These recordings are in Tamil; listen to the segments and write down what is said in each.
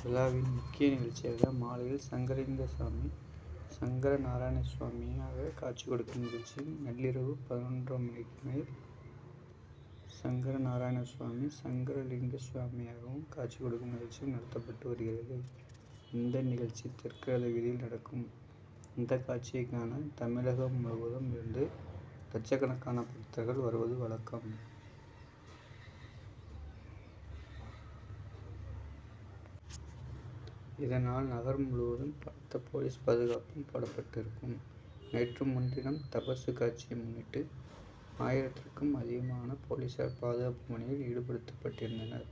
விழாவின் முக்கிய நிகழ்ச்சியாக மாலையில் சங்கரலிங்கசுவாமி, சங்கரநாராயணசுவாமியாக காட்சி கொடுக்கும் நிகழ்ச்சியும், நள்ளிரவு பதினொன்றாம் மணிக்கு மேல் சங்கரநாராயணசுவாமி, சங்கரலிங்கசுவாமியாகவும் காட்சி கொடுக்கும் நிகழ்ச்சியும் நடத்தப்பட்டு வருகிறது. இந்த நிகழ்ச்சி தெற்கு ரதவீதியில் நடக்கும். இந்த காட்சியைக் காண தமிழகம் முழுவதும் இருந்து லட்சக்கணக்கான பக்தர்கள் வருவது வழக்கம். இதனால் நகர் முழுவதும் பலத்த போலீஸ் பாதுகாப்பும் போடப்பட்டு இருக்கும். நேற்று முன்தினம் தபசுக்காட்சியை முன்னிட்டு ஆயிரத்திற்கும் அதிகமான போலீசார் பாதுகாப்பு பணியில் ஈடுபடுத்தப்பட்டிருந்தனர்.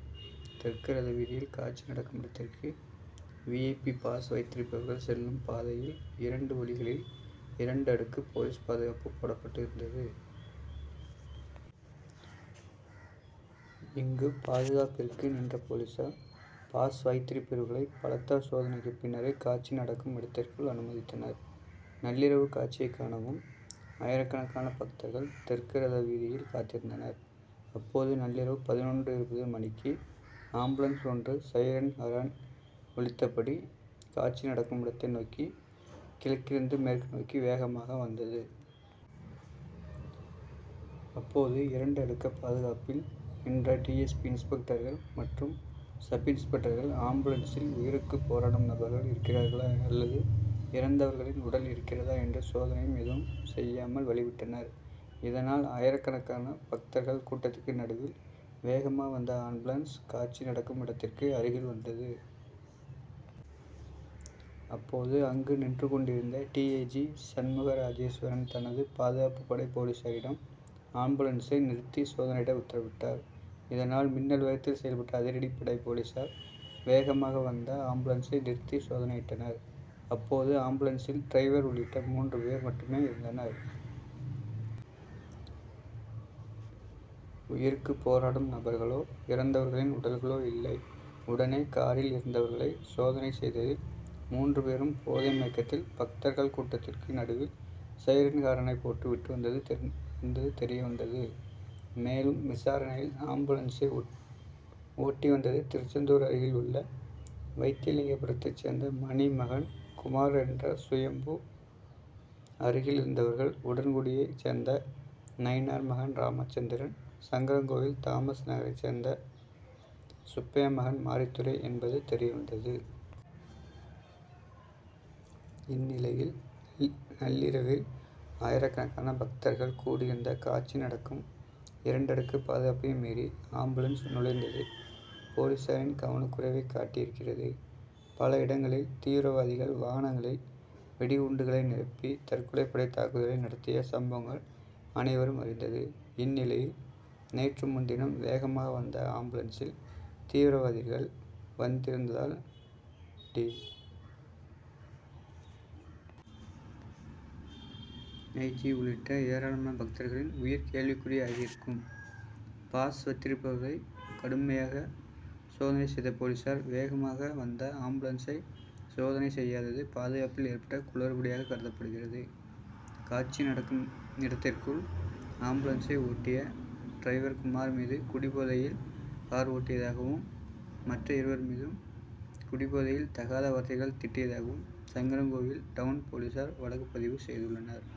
தெற்கு ரதவீதியில் காட்சி நடக்கும் இடத்திற்கு வி. ஐ. பி., பாஸ் வைத்திருப்பவர்கள் செல்லும் பாதையில் இரண்டு வழிகளில் இரண்டு அடுக்கு போலீஸ் பாதுகாப்பு போடப்பட்டு இருந்தது. இங்கு பாதுகாப்பிற்கு நின்ற போலீசார் பாஸ் வைத்திருந்தவர்களை பலத்த சோதனைக்கு பின்னரே காட்சி நடக்கும் இடத்திற்குள் அனுமதித்தனர். நள்ளிரவு காட்சியைக் காணவும் ஆயிரக்கணக்கான பக்தர்கள் தெற்கு ரதவீதியில் காத்திருந்தனர். அப்போது நள்ளிரவு பதினொன்று இருபது மணிக்கு ஆம்புலன்ஸ் ஒன்று "சைரன் ஹாரன்' ஒலித்தபடி காட்சி நடக்கும் இடத்தை நோக்கி கிழக்கில் இருந்து மேற்கு நோக்கி வேகமாக வந்தது. அப்போது இரண்டு அடுக்கு பாதுகாப்பில் நின்ற டி. எஸ். பி., இன்ஸ்பெக்டர்கள் மற்றும் சப்-இன்ஸ்பெக்டர்கள் ஆம்புலன்ஸில் உயிருக்கு போராடும் நபர்கள் இருக்கிறார்களா அல்லது இறந்தவர்களின் உடல் இருக்கிறதா என்று சோதனையும் எதுவும் செய்யாமல் வழி விட்டனர். இதனால் ஆயிரக்கணக்கான பக்தர்கள் கூட்டத்திற்கு நடுவில் வேகமாக வந்த ஆம்புலன்ஸ் காட்சி நடக்கும் இடத்திற்கு அருகில் வந்தது. அப்போது அங்கு நின்று கொண்டிருந்த டி. ஐ. ஜி., சண்முகராஜேஸ்வரன் தனது பாதுகாப்பு படை போலீசாரிடம் ஆம்புலன்சை நிறுத்தி சோதனையிட உத்தரவிட்டார். இதனால் மின்னல் வேகத்தில் செயல்பட்ட அதிரடிப்படை போலீசார் வேகமாக வந்த ஆம்புலன்சை நிறுத்தி சோதனையிட்டனர். அப்போது ஆம்புலன்ஸில் டிரைவர் உள்ளிட்ட மூன்று பேர் மட்டுமே இருந்தனர். உயிருக்கு போராடும் நபர்களோ, இறந்தவர்களின் உடல்களோ இல்லை. உடனே காரில் இருந்தவர்களை சோதனை செய்ததில் மூன்று பேரும் போதை மயக்கத்தில் பக்தர்கள் கூட்டதிற்கு நடுவில் சைரன் ஹாரனை போட்டு விட்டு வந்தது தெரிய வந்தது. மேலும் விசாரணையில் ஆம்புலன்சை ஓட்டி வந்தது திருச்செந்தூர் அருகில் உள்ள வைத்தியலிங்கபுரத்தைச் சேர்ந்த மணி மகன் குமார் ன்ற சுயம்பு, அருகில் இருந்தவர்கள் உடன்குடியைச் சேர்ந்த நயினார் மகன் ராமச்சந்திரன், சங்கரன்கோவில் தாமஸ்நகரைச் சேர்ந்த சுப்பையா மகன் மாரித்துரை என்பது தெரிய வந்தது. இந்நிலையில் நள்ளிரவில் ஆயிரக்கணக்கான பக்தர்கள் கூடி இருந்த காட்சி நடக்கும் இரண்டு அடுக்கு பாதுகாப்பையும் மீறி ஆம்புலன்ஸ் நுழைந்தது போலீசாரின் கவனக்குறைவை காட்டி இருக்கிறது. பல இடங்களில் தீவிரவாதிகள் வாகனங்களில் வெடிகுண்டுகளை நிரப்பி தற்கொலை படை தாக்குதலை நடத்திய சம்பவங்கள் அனைவரும் அறிந்தது. இந்நிலையில் நேற்று முன்தினம் வேகமாக வந்த ஆம்புலன்சில் தீவிரவாதிகள் வந்திருந்தால் டி. ஐ, ஜி., உள்ளிட்ட ஏராளமான பக்தர்களின் உயிர் கேள்விக்குறி ஆகி இருக்கும். பாஸ் வைத்திருந்தவர்களை கடுமையாக சோதனை செய்த போலீசார் வேகமாக வந்த ஆம்புலன்ஸை சோதனை செய்யாதது பாதுகாப்பில் ஏற்பட்ட குழறுபடியாக கருதப்படுகிறது. காட்சி நடக்கும் இடத்திற்குள் ஆம்புலன்சை ஓட்டிய டிரைவர் குமார் மீது குடிபோதையில் கார் ஓட்டியதாகவும், மற்ற இருவர் மீதும் குடிபோதையில் தகாத வார்த்தைகளால் திட்டியதாகவும் சங்கரன்கோவில் டவுன் போலீசார் வழக்குப்பதிவு செய்துள்ளனர்.